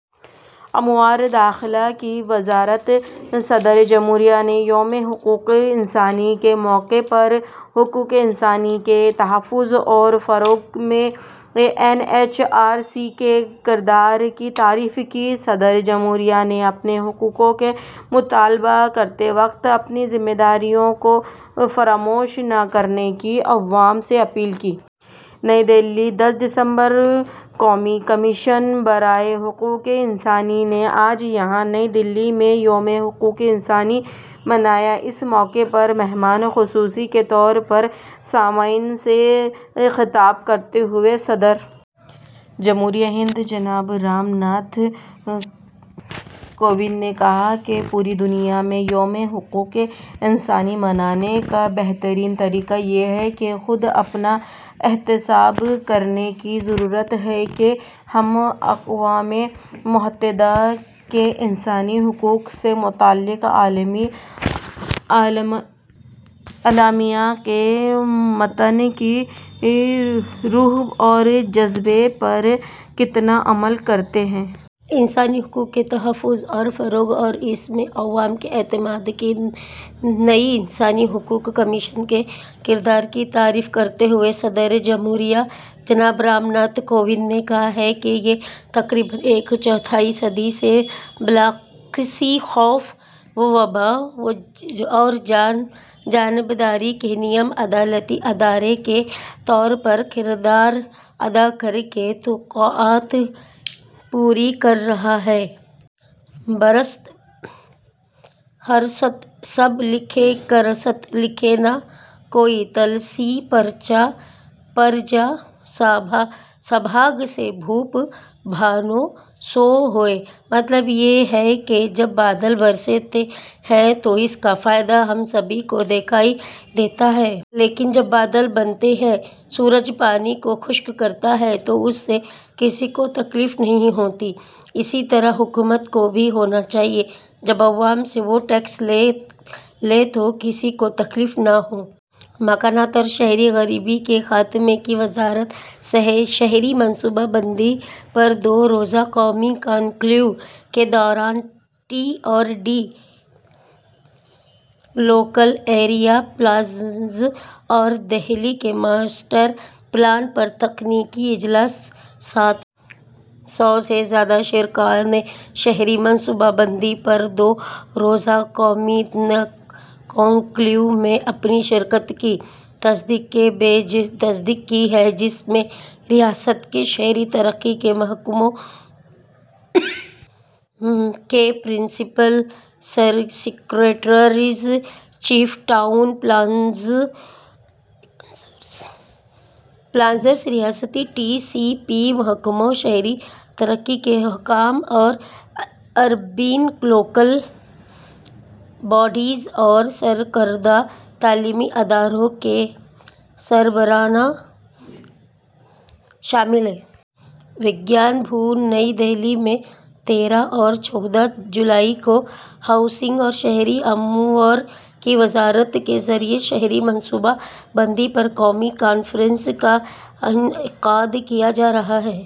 امورِ داخلہ کی وزارت صدرِ جمہوریہ نے یومِ حقوقِ انسانی کے موقع پر حقوقِ انسانی کے تحفظ اور فروغ میں این ایچ آر سی کے کردار کی تعریف کی۔ صدرِ جمہوریہ نے اپنے حقوق کا مطالبہ کرتے وقت اپنی ذمہ داریوں کو فراموش نہ کرنے کی عوام سے اپیل کی۔ نئی دہلی، دس دسمبر: قومی کمیشن برائے حقوقِ انسانی نے آج یہاں نئی دہلی میں یومِ حقوقِ انسانی منایا۔ اس موقع پر مہمانِ خصوصی کے طور پر سامعین سے خطاب کرتے ہوئے صدرِ جمہوریہ ہند جناب رام ناتھ کووند نے کہا کہ پوری دنیا میں ''یومِ حقوقِ انسانی'' منانے کا بہترین طریقہ یہ ہے کہ خود اپنا احتساب کرنے کی ضرورت ہے کہ ہم اقوامِ متحدہ کے انسانی حقوق سے متعلق عالمی اعلامیہ کے متن کی روح اور جذبے پر کتنا عمل کر رہے ہیں۔ انسانی حقوق کے تحفظ اور فروغ اور اس میں عوام کے اعتماد کے تئیں انسانی حقوق کمیشن کے کردار کی تعریف کرتے ہوئے صدرِ جمہوریہ جناب رام ناتھ کووند نے کہا کہ یہ تقریباً ایک چوتھائی صدی سے بلا کسی خوف و دباؤ اور جانبداری کے نیم عدالتی ادارے کے طور پر کردار ادا کرکے توقعات پوری کر رہا ہے۔ ''برست ہرست سب لکھیں، کرست لکھے نہ کوئے، تلسی پرجا سبھاگ سے، بھوپ بھانو سو ہوئے''۔ مطلب یہ ہے کہ جب بادل برستے ہیں تو اس کا فائدہ ہم سبھی کو دکھائی دیتا ہے۔ لیکن جب بادل بنتے ہیں، سورج پانی کو خشک کرتا ہے، تو اس سے کسی کو تکلیف نہیں ہوتی۔ اسی طرح حکومت کو بھی ہونا چاہیے۔ جب عوام سے وہ ٹیکس لے تو کسی کو تکلیف نہ ہو۔ مکانات اور شہری غریبی کے خاتمے کی وزارت شہری منصوبہ بندی پر دو روزہ قومی کانکلیو کے دوران T O D, local area plans اور دہلی کے ماسٹر پلان پر تکنیکی اجلاس۔ سات سو سے زیادہ شرکاء نے شہری منصوبہ بندی پر دو روزہ قومی کانکلیو میں اپنی شرکت کی تصدیق کی ہے، جس میں ریاست کے شہری ترقی کے محکموں کے principal secretaries, chief town planners, ریاستی ٹی سی پی محکموں، شہری ترقی کے حکام اور اربن لوکل باڈیز اور سرکردہ تعلیمی اداروں کے سربراہان شامل ہیں۔ وگیان بھون، نئی دہلی میں تیرہ اور چودہ جولائی کو ہاؤسنگ اور شہری امور کی وزارت کے ذریعے شہری منصوبہ بندی پر قومی کانفرنس کا انعقاد کیا جا رہا ہے۔